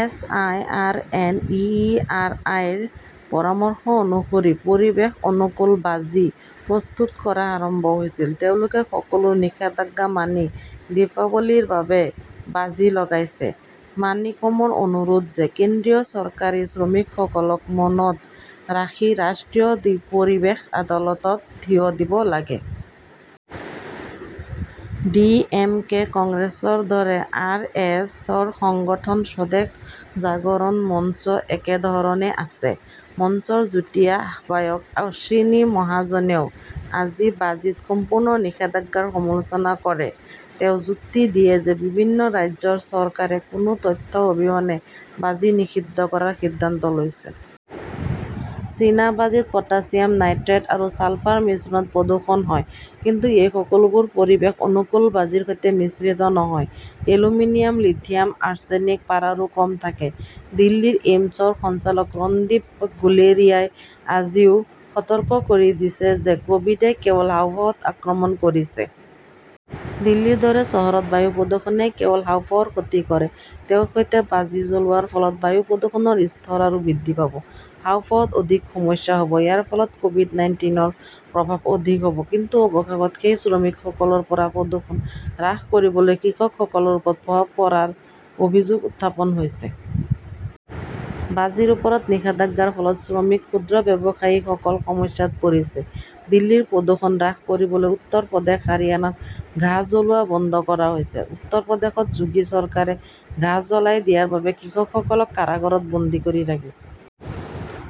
S. I. R. N. E. E. R. I. -ৰ পৰামৰ্শ অনুসৰি পৰিৱেশ-অনুকূল বাজি প্ৰস্তুত কৰা আৰম্ভ হৈছিল। তেওঁলোকে সকলো নিষেধাজ্ঞা মানি দীপাৱলীৰ বাবে বাজি লগাইছে। মাণিকমৰ অনুৰোধ যে কেন্দ্ৰীয় চৰকাৰে শ্ৰমিকসকলক মনত ৰাখি ৰাষ্ট্ৰীয় পৰিৱেশ আদালতত থিয় দিব লাগে। ডি.এম.কে কংগ্ৰেছৰ দৰে আৰ. এছ. এছ.ৰ সংগঠন স্বদেশ জাগৰণ মঞ্চো একেধৰণে আছে। মঞ্চৰ যুটীয়া আহ্বায়ক অশ্বিনী মহাজনেও আজি বাজীত সম্পূৰ্ণ নিষেধাজ্ঞাৰ সমালোচনা কৰে। তেওঁ যুক্তি দিয়ে যে বিভিন্ন ৰাজ্যৰ চৰকাৰে কোনো তথ্য অবিহনে বাজি নিষিদ্ধ কৰাৰ সিদ্ধান্ত লৈছে। চীনা বাজীত পটাছিয়াম নাইট্ৰেট আৰু ছালফাৰ মিশ্ৰণত প্ৰদূষণ হয়। কিন্তু এই সকলোবোৰ পৰিৱেশ-অনুকূল বাজিৰ সৈতে মিশ্ৰিত নহয়। এলুমিনিয়াম, লিথিয়াম, আৰ্ছেনিক, পাৰাৰো কম থাকে। দিল্লীৰ এইমছৰ সঞ্চালক ৰণদীপ গুলেৰিয়াই আজিও সতৰ্ক কৰি দিছে যে কভিড-এ কেৱল হাঁওফাঁওত আক্ৰমণ কৰিছে। দিল্লীৰ দৰে চহৰত বায়ু প্ৰদূষণে কেৱল হাঁওফাঁওৰ ক্ষতি কৰে ,তেওঁৰ সৈতে বাজি জ্বলোৱাৰ ফলত বায়ু প্ৰদূষণৰ স্তৰ আৰু বৃদ্ধি পাব। হাঁওফাঁওত অধিক সমস্যা হ'ব। ইয়াৰ ফলত কভিড-নাইন্তিনৰ প্ৰভাৱ অধিক হ'ব। কিন্তু অৱশেষত সেই শ্ৰমিকসকলৰ পৰা প্ৰদূষণ হ্ৰাস কৰিবলৈ কৃষকসকলৰ ওপৰত প্ৰভাৱ পৰাৰ অভিযোগ উত্থাপন হৈছে। বাজিৰ ওপৰত নিষেধাজ্ঞাৰ ফলত শ্ৰমিক, ক্ষুদ্ৰ ব্যৱসায়ীসকল সমস্যাত পৰিছে। দিল্লীৰ প্ৰদূষণ হ্ৰাস কৰিবলৈ উত্তৰ প্ৰদেশ, হাৰিয়ানাত ঘাঁহ জ্বলোৱা বন্ধ কৰা হৈছে। উত্তৰ প্ৰদেশত যোগী চৰকাৰে ঘাঁহ জ্বলাই দিয়াৰ বাবে কৃষকসকলক কাৰাগাৰত বন্দী কৰি ৰাখিছে।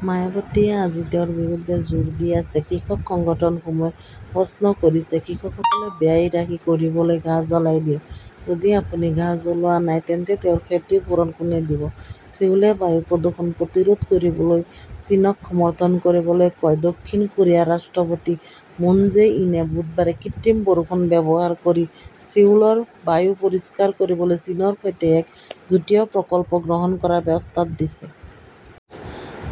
মায়াবতীয়ে আজি তেওঁৰ বিৰুদ্ধে জোৰ দি আছে। কৃষক সংগঠনসমূহে প্ৰশ্ন কৰিছে কৃষকসকলে ব্যয় ৰাহি কৰিবলৈ ঘাঁহ জ্বলাই দিয়ে। যদি আপুনি ঘাঁহ জ্বলোৱা নাই তেন্তে তেওঁৰ ক্ষতিপূৰণ কোনে দিব? ছিউলে বায়ু প্ৰদূষণ প্ৰতিৰোধ কৰিবলৈ চীনক সমৰ্থন কৰিবলৈ কয় দক্ষিণ কোৰিয়াৰ ৰাষ্ট্ৰপতি মুন জে-ইনে বুধবাৰে কৃত্ৰিম বৰষুণ ব্যৱহাৰ কৰি ছিউলৰ বায়ু পৰিষ্কাৰ কৰিবলৈ চীনৰ সৈতে এক যুটীয়া প্ৰকল্প গ্ৰহণ কৰাৰ প্ৰস্তাৱ দিছে।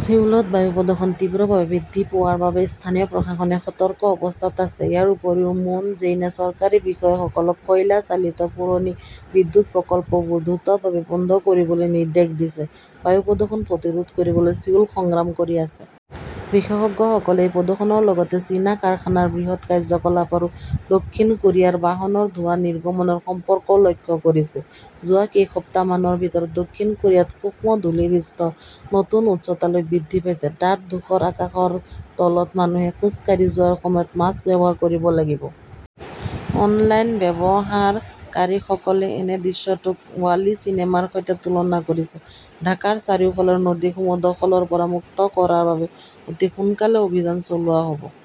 ছিউলত বায়ু প্ৰদূষণ তীব্ৰভাৱে বৃদ্ধি পোৱাৰ বাবে স্থানীয় প্ৰশাসনে সতৰ্ক অৱস্থাত আছে। ইয়াৰ উপৰিও, মুন জেইনে চৰকাৰী বিষয়াসকলক কয়লা চালিত পুৰণি বিদ্যুৎ প্ৰকল্পবোৰ দ্ৰুতভাৱে বন্ধ কৰিবলৈ নিৰ্দেশ দিছে। বায়ু প্ৰদূষণ প্ৰতিৰোধ কৰিবলৈ ছিউল সংগ্ৰাম কৰি আছে। বিশেষজ্ঞসকলে এই প্ৰদূষণৰ লগতে চীনা কাৰখানাৰ বৃহৎ কাৰ্যকলাপ আৰু দক্ষিণ কোৰিয়াৰ বাহনৰ ধোৱা নিৰ্গমনৰ সম্পৰ্কও লক্ষ্য কৰিছে। যোৱা কেইসপ্তাহমানৰ ভিতৰত দক্ষিণ কোৰিয়াত সূক্ষ্ম ধূলিৰ স্তৰ নতুন উচ্চতালৈ বৃদ্ধি পাইছে। ডাঠ-ধূসৰ আকাশৰ তলত মানুহে খোজ কাঢ়ি যোৱাৰ সময়ত মাস্ক ব্যৱহাৰ কৰিব লাগিব। অনলাইন ব্যৱহাৰকাৰীসকলে এনে দৃশ্যটোক ৱালি চিনেমাৰ সৈতে তুলনা কৰিছে। ঢাকাৰ চাৰিওফালৰ নদীসমূহ দখলৰ পৰা মুক্ত কৰাৰ বাবে অতি সোনকালে অভিযান চলোৱা হ'ব।